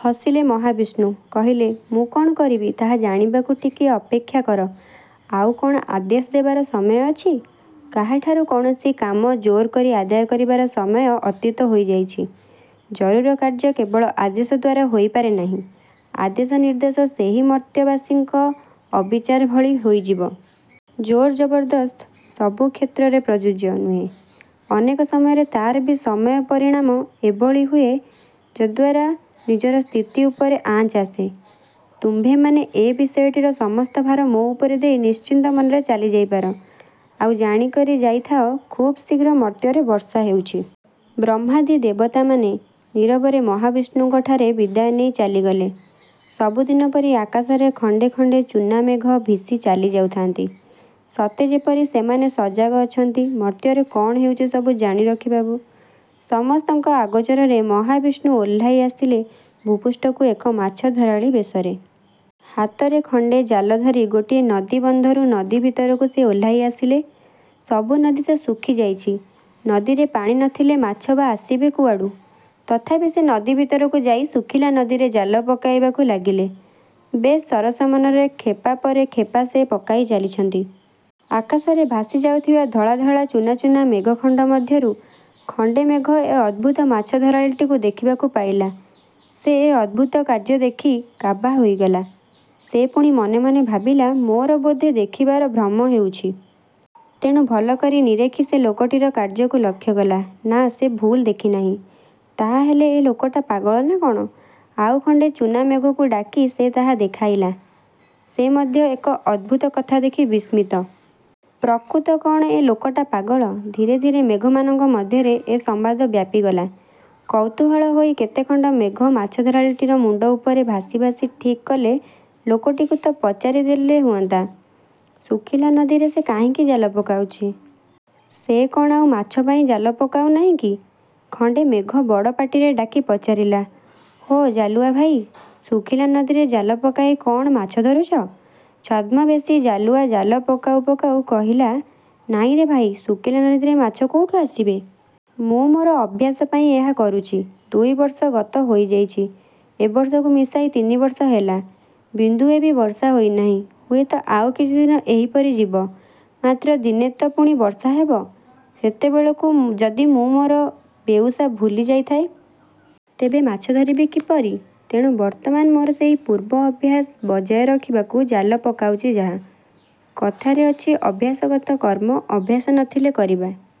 ହସିଲେ ମହାବିଷ୍ଣୁ। କହିଲେ ମୁଁ କଣ କରିବି ତାହା ଜାଣିବାକୁ ଟିକିଏ ଅପେକ୍ଷାକର। ଆଉ କଣ ଆଦେଶ ଦେବାର ସମୟ ଅଛି? କାହାଠାରୁ କୌଣସି କାମ ଜୋରକରି ଆଦାୟ କରିବାର ସମୟ ଅତୀତ ହୋଇଯାଇଛି। ଜରୁର କାର୍ଯ୍ୟ କେବଳ ଆଦେଶଦ୍ୱାରା ହୋଇ ପାରେ ନାହିଁ। ଆଦେଶ ନିର୍ଦ୍ଦେଶ ସେହି ମର୍ତ୍ତ୍ୟବାସୀଙ୍କ ଅବିଚାର ଭଳି ହୋଇଯିବ। ଜୋର ଜବରଦସ୍ତ ସବୁ କ୍ଷେତ୍ରରେ ପ୍ରଯୁଜ୍ୟ। ନୁହେଁ। ଅନେକ ସମୟରେ ତାର ବି ସମୟ ପରିଣାମ ଏଭଳି ହୁଏ ଯଦ୍ୱାରା ନିଜର ସ୍ଥିତି ଉପରେ ଆଞ୍ଚ ଆସେ। ତୁମ୍ଭେମାନେ ଏ ବିଷୟଟିର ସମସ୍ତ ଭାର ମୋ ଉପରେ ଦେଇ ନିଶ୍ଚିତ ମନରେ ଚାଲିଯାଇପାର। ଆଉ ଜାଣିକରି ଯାଇଥାଅ ଖୁବ୍ ଶୀଘ୍ର ମର୍ତ୍ତ୍ୟରେ ବର୍ଷା ହେଉଛି। ବ୍ରହ୍ମାଦି ଦେବତାମାନେ ନୀରବରେ ମହାବିଷ୍ଣୁଙ୍କଠାରେ ବିଦାୟ ନେଇ ଚାଲିଗଲେ। ସବୁ ଦିନ ପରି ଆକାଶରେ ଖଣ୍ଡେ ଖଣ୍ଡେ ଚୂନା ମେଘ ଭୀଷି ଚାଲି ଯାଉଥାନ୍ତି ସତେ ଯେପରି ସେମାନେ ସଜାଗ ଅଛନ୍ତି ମର୍ତ୍ତ୍ୟରେ କଣ ହେଉଛି ସବୁ ଜାଣି ରଖିବାବୁ। ସମସ୍ତଙ୍କ ଅଗୋଚରରେ ମହାବିଷ୍ଣୁ ଓହ୍ଲାଇ ଆସିଲେ ଭୂପୃଷ୍ଠକୁ ଏକ ମାଛଧରାଳୀ ବେଶରେ। ହାତରେ ଖଣ୍ଡେ ଜାଲଧରି ଗୋଟିଏ ନଦୀ ବନ୍ଧରୁ ନଦୀ ଭିତରକୁ ସେ ଓହ୍ଲାଇ ଆସିଲେ-। ସବୁ ନଦୀ ତ ଶୁଖିଯାଇଛି। ନଦୀରେ ପାଣି ନଥିଲେ ମାଛ ବା ଆସିବେ କୁଆଡ଼ୁ? ତଥାପି ସେ ନଦୀ ଭିତରକୁ ଯାଇ ଶୁଖିଲା ନଦୀରେ ଜାଲ ପକାଇବାକୁ ଲାଗିଲେ। ବେଶ୍ ସରସ ମନରେ ଖେପା ପରେ ଖେପା ସେ ପକାଇ ଚାଲିଛନ୍ତି। ଆକାଶରେ ଭାଷି ଯାଉଥିବା ଧଳା ଧଳା ଚୂନା ଚୂନା ମେଘଖଣ୍ଡ ମଧ୍ୟରୁ ଖଣ୍ଡେ ମେଘ ଏ ଅଦ୍ଭୁତ ମାଛ ଧରାଳୀଟିକୁ ଦେଖିବାକୁ ପାଇଲା। ସେ ଏ ଅଦ୍ଭୁତ କାର୍ଯ୍ୟ ଦେଖି କାବା ହୋଇଗଲା। ସେ ପୁଣି ମନେ ମନେ ଭାବିଲା ମୋର ବୋଧେ ଦେଖିବାରେ ଭ୍ରମ ହେଉଛି। ତେଣୁ ଭଲକରି ନିରେଖି ସେ ଲୋକଟିର କାର୍ଯ୍ୟକୁ ଲକ୍ଷକଲା। ନା–ସେ ଭୁଲ ଦେଖି ନାହିଁ। ତାହା ହେଲେ ଏ ଲୋକଟା ପାଗଳ ନା କଣ? ଆଉ ଖଣ୍ଡେ ଚୂନା ମେଘକୁ ଡାକି ସେ ତାହା ଦେଖାଇଲା। ସେ ମଧ୍ୟ ଏକ ଅଦ୍ଭୁତ କଥା ଦେଖି ବିସ୍ମିତ। ପ୍ରକୃତ କଣ ଏ ଲୋକଟା ପାଗଳ? ଧୀରେ ଧୀରେ ମେଘମାନଙ୍କ ମଧ୍ୟରେ ଏ ସମ୍ୱାଦ ବ୍ୟାପୀଗଲା। କୌତୁହଳ ହୋଇ କେତେଖଣ୍ଡ ମେଘ ମାଛଧରାଳୀଟିର ମୁଣ୍ଡ ଉପରେ ଭାଷି ଭାଷି ଠିକ୍ କଲେ ଲୋକଟିକୁ ତ ପଚାରି ଦେଲେ ହୁଅନ୍ତା, ଶୁଖିଲା ନଦୀରେ ସେ କାହିଁକି ଜାଲ ପକାଉଛି। ସେ କଣ ଆଉ ମାଛ ପାଇଁ ଜାଲ ପକାଉ ନାହିଁକି? ଖଣ୍ଡେ ମେଘ ବଡ଼ ପାଟିରେ ଡାକି ପଚାରିଲା–ହୋ ଜାଲୁଆ ଭାଇ! ଶୁଖିଲା ନଦୀରେ ଜାଲ ପକାଇ କଣ ମାଛ ଧରୁଛ? ଛଦ୍ମବେଶୀ ଜାଲୁଆ ଜାଲ ପକାଉ ପକାଉ କହିଲା ନାହିଁରେ ଭାଇ ଶୁଖିଲା ନଦୀରେ ମାଛ କେଉଁଠୁ ଆସିବେ। ମୁଁ ମୋର ଅଭ୍ୟାସ ପାଇଁ ଏହା କରୁଛି। ଦୁଇବର୍ଷ ଗତ ହୋଇଯାଇଛି। ଏବର୍ଷକୁ ମିଶାଇ ତିନି ବର୍ଷ ହେଲା–ବିନ୍ଦୁଏ ବି ବର୍ଷା ହୋଇ ନାହିଁ। ହୁଏତ ଆଉ କିଛିଦିନ ଏହିପରି ଯିବ। ମାତ୍ର ଦିନେତ ପୁଣି ବର୍ଷା ହେବ। ସେତେବେଳକୁ ଯଦି ମୁଁ ମୋର ବେଉଷା ଭୁଲି ଯାଇଥାଏ-। ତେବେ ମାଛ ଧରିବି କିପରି? ତେଣୁ ବର୍ତ୍ତମାନ ମୋର ସେହି ପୂର୍ବ ଅଭ୍ୟାସ ବଜାୟ ରଖିବାକୁ ଜାଲ ପକାଉଛି ଯାହା। କଥାରେ ଅଛି ଅଭ୍ୟାସଗତ କର୍ମ–ଅଭ୍ୟାସ ନଥିଲେ କରିବା